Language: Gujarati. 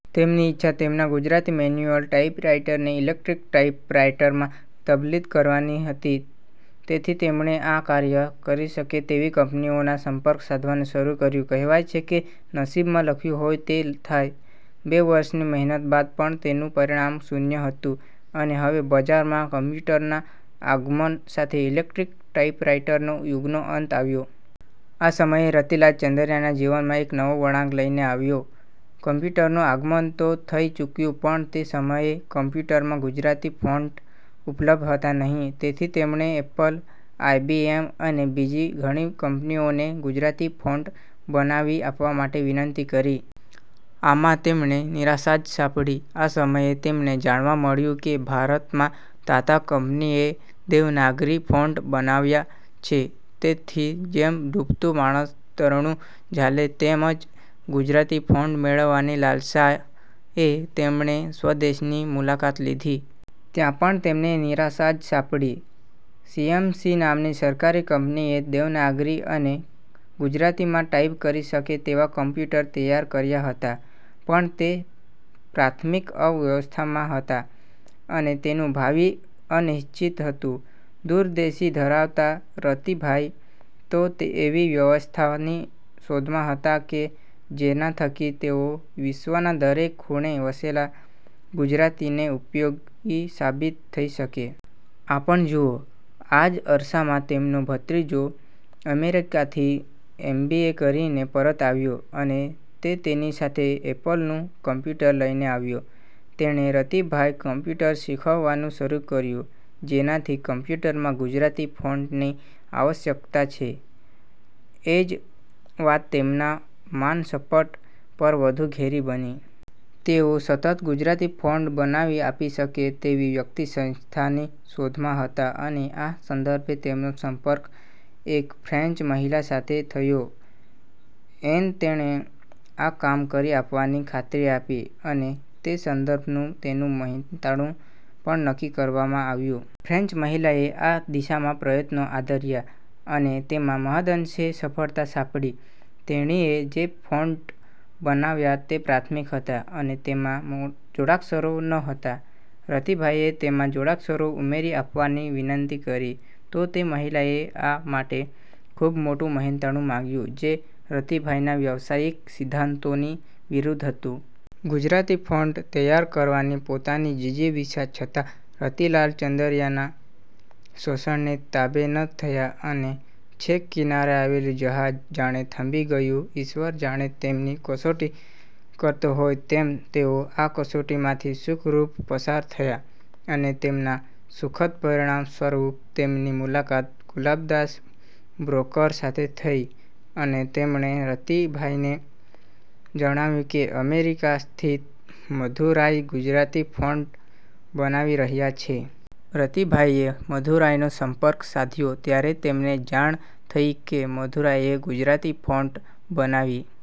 તેમની ઇચ્છા તેમના ગુજરાતી મેન્યુઅલ ટાઇપરાઇટરને ઇલેક્ટ્રિક ટાઇપરાઇટરમાં તબદિલ કરવાની હતી તેથી તેમણે આ કાર્ય કરી શકે તેવી કંપનીઓના સંપર્ક સાધવાનું શરૂ કર્યું. કહેવાય છે કે નસીબમાં લખ્યું હોય તે થાય, બે વર્ષની મહેનત બાદ પણ તેનું પરિણામ શૂન્ય હતું અને હવે બજારમાં કમ્પ્યૂટરના આગમન સાથે ઇલેક્ટ્રિક ટાઇપરાઇટરનો યુગનો અંત આવ્યો. આ સમય રતિલાલ ચંદરયાના જીવનમાં એક નવો વળાંક લઈને આવ્યો. કમ્પ્યૂટરનું આગમન તો થઈ ચૂક્યું પણ તે સમયે કમ્પ્યૂટરમાં ગુજરાતી ફોન્ટ ઉપલબ્ધ હતા નહીં તેથી તેમણે એપલ, આઇબીએમ અને બીજી ઘણી કંપનીઓને ગુજરાતી ફોન્ટ બનાવી આપવા માટે વિનંતી કરી. આમાં તેમને નિરાશા જ સાંપડી. આ સમયે તેમને જાણવા મળ્યું કે ભારતમાં તાતા કંપનીએ દેવનાગરી ફોન્ટ બનાવ્યા છે તેથી જેમ ડૂબતો માણસ તરણું ઝાલે તેમ જ ગુજરાતી ફોન્ટ મેળવવાની લાલસા એ તેમણે સ્વદેશની મુલાકાત લીધી. ત્યાં પણ તેમને નિરાશા જ સાંપડી. સીએમસી નામની સરકારી કંપનીએ દેવનાગરી અને ગુજરાતીમાં ટાઇપ કરી શકે તેવા કમ્પ્યૂટર તૈયાર કર્યા હતા પણ તે પ્રાથમિક અવસ્થામાં હતાં અને તેનું ભાવિ અનિશ્ચિત હતું. દૂરંદેશી ધરાવતા રતિભાઈ તો એવી વ્યવસ્થાની શોધમાં હતા કે જેના થકી તેઓ વિશ્વના દરેક ખૂણે વસેલા ગુજરાતીને ઉપયોગી સાબિત થઈ શકે. આ પણ જુઓ: આ જ અરસામાં તેમનો ભત્રીજો અમેરિકાથી એમ. બી. એ. કરીને પરત આવ્યો અને તે તેની સાથે એપલનું કમ્પ્યૂટર લઈને આવ્યો. તેણે રતિભાઈ કમ્પ્યૂટર શીખવવાનું શરૂ કર્યું. જેનાથી કમ્પ્યૂટરમાં ગુજરાતી ફોન્ટની આવશ્યકતા છે જ એ વાત તેમના માનસપટ પર વધુ ઘેરી બની. તેઓ સતત ગુજરાતી ફોન્ટ બનાવી આપી શકે તેવી વ્યક્તિ-સંસ્થાની શોધમાં હતા અને આ સંદર્ભે તેમનો સંપર્ક એક ફ્રેન્ચ મહિલા સાથે થયો એન તેણે આ કામ કરી આપવાની ખાતરી આપી અને તે સંદર્ભનું તેનું મહેનતાણું પણ નક્કી કરવામાં આવ્યું. ફ્રેન્ચ મહિલાએ આ દિશામાં પ્રયત્નો આદર્યા અને તેમાં મહદઅંશે સફળતા સાંપડી. તેણીએ જે ફોન્ટ બનાવ્યા તે પ્રાથમિક હતા અને તેમાં જોડાક્ષરો ન હતા. રતિભાઈએ તેમાં જોડાક્ષરો ઉમેરી આપવાની વિનંતી કરી તો તે મહિલાએ આ માટે ખૂબ મોટું મહેનતાણું માંગ્યું જે રતિભાઈના વ્યવસાયિક સિદ્ધાંતોની વિરુદ્ધ હતું. ગુજરાતી ફોન્ટ તૈયાર કરવાની પોતાની જિજીવિષા છતાં રતિલાલ ચંદરયા શોષણને તાબે ન થયા અને છેક કિનારે આવેલું જહાજ જાણે થંભી ગયું. ઈશ્વર જાણે તેમની કસોટી કરતો હોય તેમ તેઓ આ કસોટીમાંથી સુખરૂપ પસાર થયા અને તેના સુખદ પરિણામ સ્વરૂપ તેમની મુલાકત ગુલાબદાસ બ્રોકર સાથે થઈ અને તેમણે રતિભાઈને જણાવ્યું કે અમેરિકા સ્થિત મધુરાય ગુજરાતી ફોન્ટ બનાવી રહ્યા છે. રતિભાઈએ મધુરાયનો સંપર્ક સાધ્યો ત્યારે તેમને જાણ થઈ કે મધુરાયે ગુજરાતી ફોન્ટ બનાવી